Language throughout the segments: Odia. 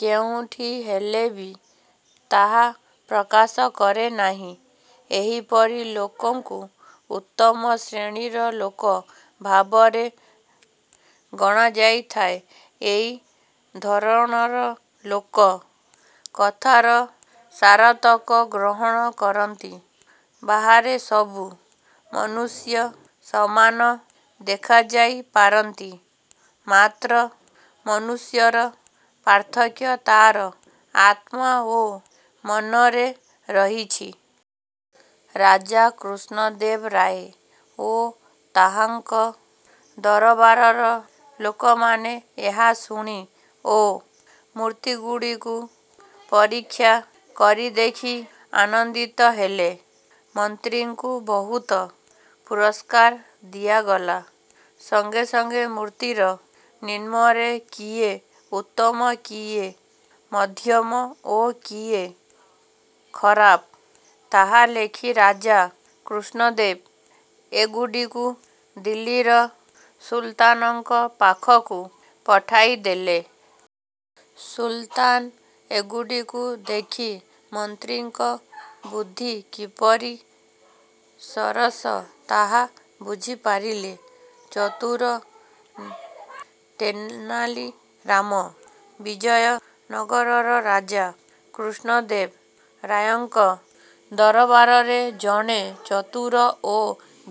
କେଉଁଠି ହେଲେ ବି ତାହା ପ୍ରକାଶ କରେ ନାହିଁ। ଏହିପରି ଲୋକଙ୍କୁ ଉତ୍ତମ ଶ୍ରେଣୀର ଲୋକ ଭାବରେ ଗଣାଯାଇଥାଏ। ଏହି ଧରଣର ଲୋକ କଥାର ସାରତକ ଗ୍ରହଣ କରନ୍ତି। ବାହାରେ ସବୁ ମନୁଷ୍ୟ ସମାନ ଦେଖାଯାଇ ପାରନ୍ତି। ମାତ୍ର ମନୁଷ୍ୟର ପାର୍ଥକ୍ୟ ତା'ର ଆତ୍ମା ଓ ମନରେ ରହିଛି। '' ରାଜା କୃଷ୍ଣଦେବ ରାୟ ଓ ତାହାଙ୍କ ଦରବାରର ଲୋକମାନେ ଏହା ଶୁଣି ଓ ମୂର୍ତ୍ତିଗୁଡ଼ିକୁ ପରୀକ୍ଷା କରି ଦେଖି ଆନନ୍ଦିତ ହେଲେ। ମନ୍ତ୍ରୀଙ୍କୁ ବହୁତ ପୁରସ୍କାର ଦିଆଗଲା। ସଙ୍ଗେ ସଙ୍ଗେ ମୂର୍ତ୍ତିର ନିମ୍ନରେ କିଏ ଉତ୍ତମ, କିଏ ମଧ୍ୟମ ଓ କିଏ ଖରାପ ତାହା ଲେଖି ରାଜା କୃଷ୍ଣଦେବ ଏଗୁଡ଼ିକୁ ଦିଲ୍ଲୀର ସୁଲତାନଙ୍କ ପାଖକୁ ପଠାଇଦେଲେ। ସୁଲତାନ ଏଗୁଡ଼ିକୁ ଦେଖି ମନ୍ତ୍ରୀଙ୍କ ବୁଦ୍ଧି କିପରି ସରସ ତାହା ବୁଝିପାରିଲେ। ଚତୁର ତେନାଲି ରାମ ବିଜୟ ନଗରର ରାଜା କୃଷ୍ଣଦେବ ରାୟଙ୍କ ଦରବାରରେ ଜଣେ ଚତୁର ଓ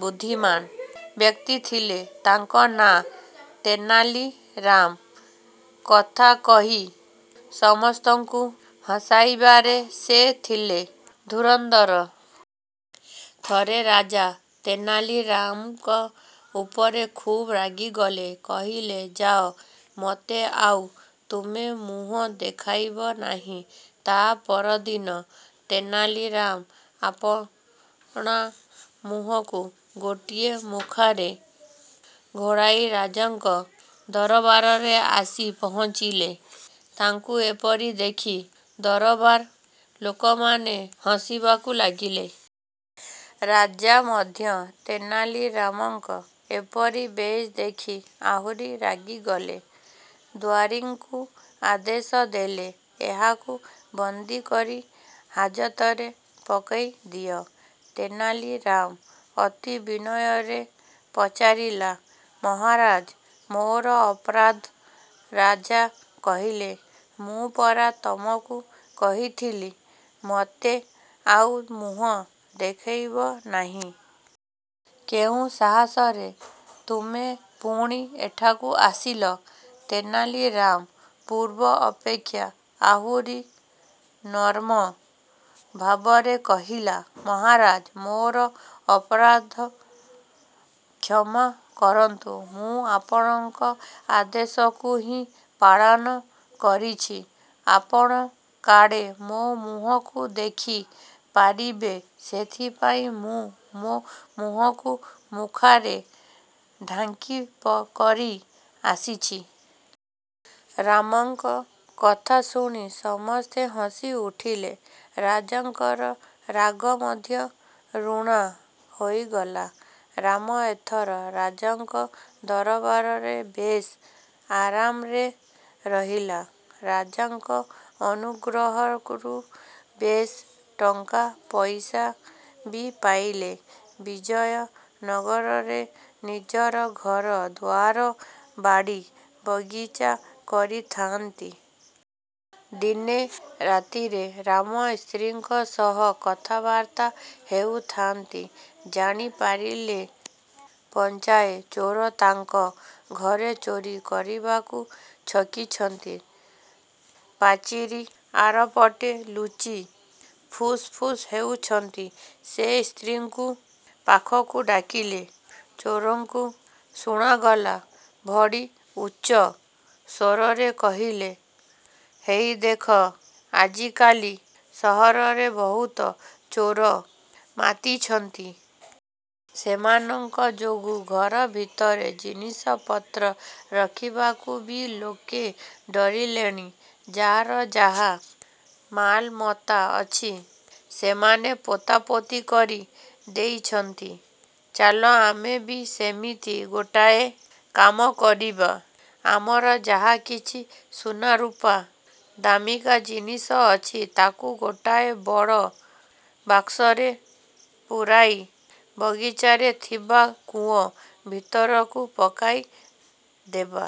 ବୁଦ୍ଧିମାନ ବ୍ୟକ୍ତିଥିଲେ। ତାଙ୍କ ନାଁ ତେନାଲି ରାମ। କଥା କହି ସମସ୍ତଙ୍କୁ ହସାଇବାରେ ସେ ଥିଲେ ଧୁରନ୍ଧର। ଥରେ ରାଜା ତେନାଲି ରାମଙ୍କ ଉପରେ ଖୁବ୍ ରାଗିଗଲେ। କହିଲେ-''ଯାଅ, ମୋତେ ଆଉ ତୁମେ ମୁହଁ ଦେଖାଇବ ନାହିଁ। '' ତା'ପରଦିନ ତେନାଲି ରାମ ଆପଣା ମୁହଁକୁ ଗୋଟିଏ ମୁଖାରେ ଘୋଡ଼ାଇ ରାଜାଙ୍କ ଦରବାରରେ ଆସି ପହଞ୍ଚିଲେ। ତାଙ୍କୁ ଏପରି ଦେଖି ଦରବାରର ଲୋକମାନେ ହସିବାକୁ ଲାଗିଲେ। ରାଜା ମଧ୍ୟ ତେନାଲି ରାମଙ୍କ ଏପରି ବେଶ ଦେଖି ଆହୁରି ରାଗିଗଲେ। ଦୁଆରୀଙ୍କୁ ଆଦେଶ ଦେଲେ-''ଏହାକୁ ବନ୍ଦକରି ହାଜତରେ ପକାଇ ଦିଅ। '' ତେନାଲି ରାମ ଅତି ବିନୟରେ ପଚାରିଲା-''ମହାରାଜ୍ ମୋର ଅପରାଧ? '' ରାଜା କହିଲେ- ''ମୁଁ ପରା ତୁମକୁ କହିଥିଲି ମୋତେ ଆଉ ମୁହଁ ଦେଖାଇବ ନାହିଁ। କେଉଁ ସାହସରେ ତୁମେ ପୁଣି ଏଠାକୁ ଆସିଲ? '' ତେନାଲି ରାମ ପୂର୍ବ ଅପେକ୍ଷା ଆହୁରି ନମ୍ର ଭାବରେ କହିଲେ- ''ମହାରାଜ୍, ମୋର ଅପରାଧ କ୍ଷମା କରନ୍ତୁ। ମୁଁ ଆପଣଙ୍କ ଆଦେଶକୁ ହିଁ ପାଳନ କରିଛି। ଆପଣ କାଳେ। ମୋ ମୁହଁକୁ ଦେଖି ପାରିବେ ସେଥିପାଇଁ ମୁଁ ମୋ ମୁହଁକୁ ମୁଖାରେ ଢାଙ୍କି କରି ଆସିଛି। '' ରାମଙ୍କ କଥା ଶୁଣି ସମସ୍ତେ ହସି ଉଠିଲେ। ରାଜାଙ୍କର ରାଗ ମଧ୍ୟ ଊଣା ହୋଇଗଲା। ରାମ ଏଥର ରାଜାଙ୍କ ଦରବାରରେ ବେଶ୍ ଆରାମରେ ରହିଲେ। ରାଜାଙ୍କ ଅନୁଗ୍ରହରୁ ବେଶ୍ ଟଙ୍କା ପଇସା ବି ପାଇଲେ ବିଜୟ ନଗରରେ ନିଜର ଘର ଦୁଆର ବାଡ଼ି ବଗିଚା କରିଥାଆନ୍ତି। ଦିନେ ରାତିରେ ରାମ ସ୍ତ୍ରୀଙ୍କ ସହ କଥାବାର୍ତ୍ତା ହେଉଥାନ୍ତି। ଜାଣି ପାରିଲେ ପଞ୍ଝାଏ ଚୋର ତାଙ୍କ ଘରେ ଚୋରି କରିବାକୁ ଛକିଛନ୍ତି। ପାଚିରି ଆରପଟେ ଲୁଚି ଫୁସ୍ ଫୁସ୍ ହେଉଛନ୍ତି। ସେ ସ୍ତ୍ରୀଙ୍କୁ ପାଖକୁ ଡାକିଲେ। ଚୋରଙ୍କୁ ଶୁଣାଗଲା ଭଳି ଉଚ୍ଚ ସ୍ୱରରେ କହିଲେ- ''ହେଇ ଦେଖ ଆଜି କାଲି ସହରରେ ବହୁତ ଚୋର ମାତିଛନ୍ତି। ସେମାନଙ୍କ ଯୋଗୁ ଘର ଭିତରେ ଜିନିଷପତ୍ର ରଖିବାକୁ ବି ଲୋକେ ଡରିଲେଣି। ଯାହାର ଯାହା ମାଲମତା ଅଛି ସେମାନେ ପୋତାପୋତି କରି ଦେଇଛନ୍ତି। ଚାଲ ଆମେ ବି ସେମିତି ଗୋଟାଏ କାମ କରିବା। ଆମର ଯାହା କିଛି ସୁନା ରୁପା ଦାମିକା ଜିନିଷ ଅଛି ତାକୁ ଗୋଟାଏ ବଡ଼ବାକ୍ସରେ ପୂରାଇ ବଗିଚାରେ ଥିବା କୂଅ ଭିତରକୁ ପକାଇ ଦେବା।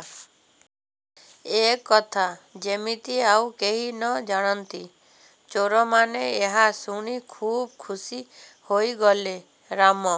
ଏକଥା ଯେମିତି ଆଉ କେହି ନ ଜାଣନ୍ତି। '' ଚୋରମାନେ ଏହା ଶୁଣି ଖୁବ୍ ଖୁସି ହୋଇଗଲେ। ରାମ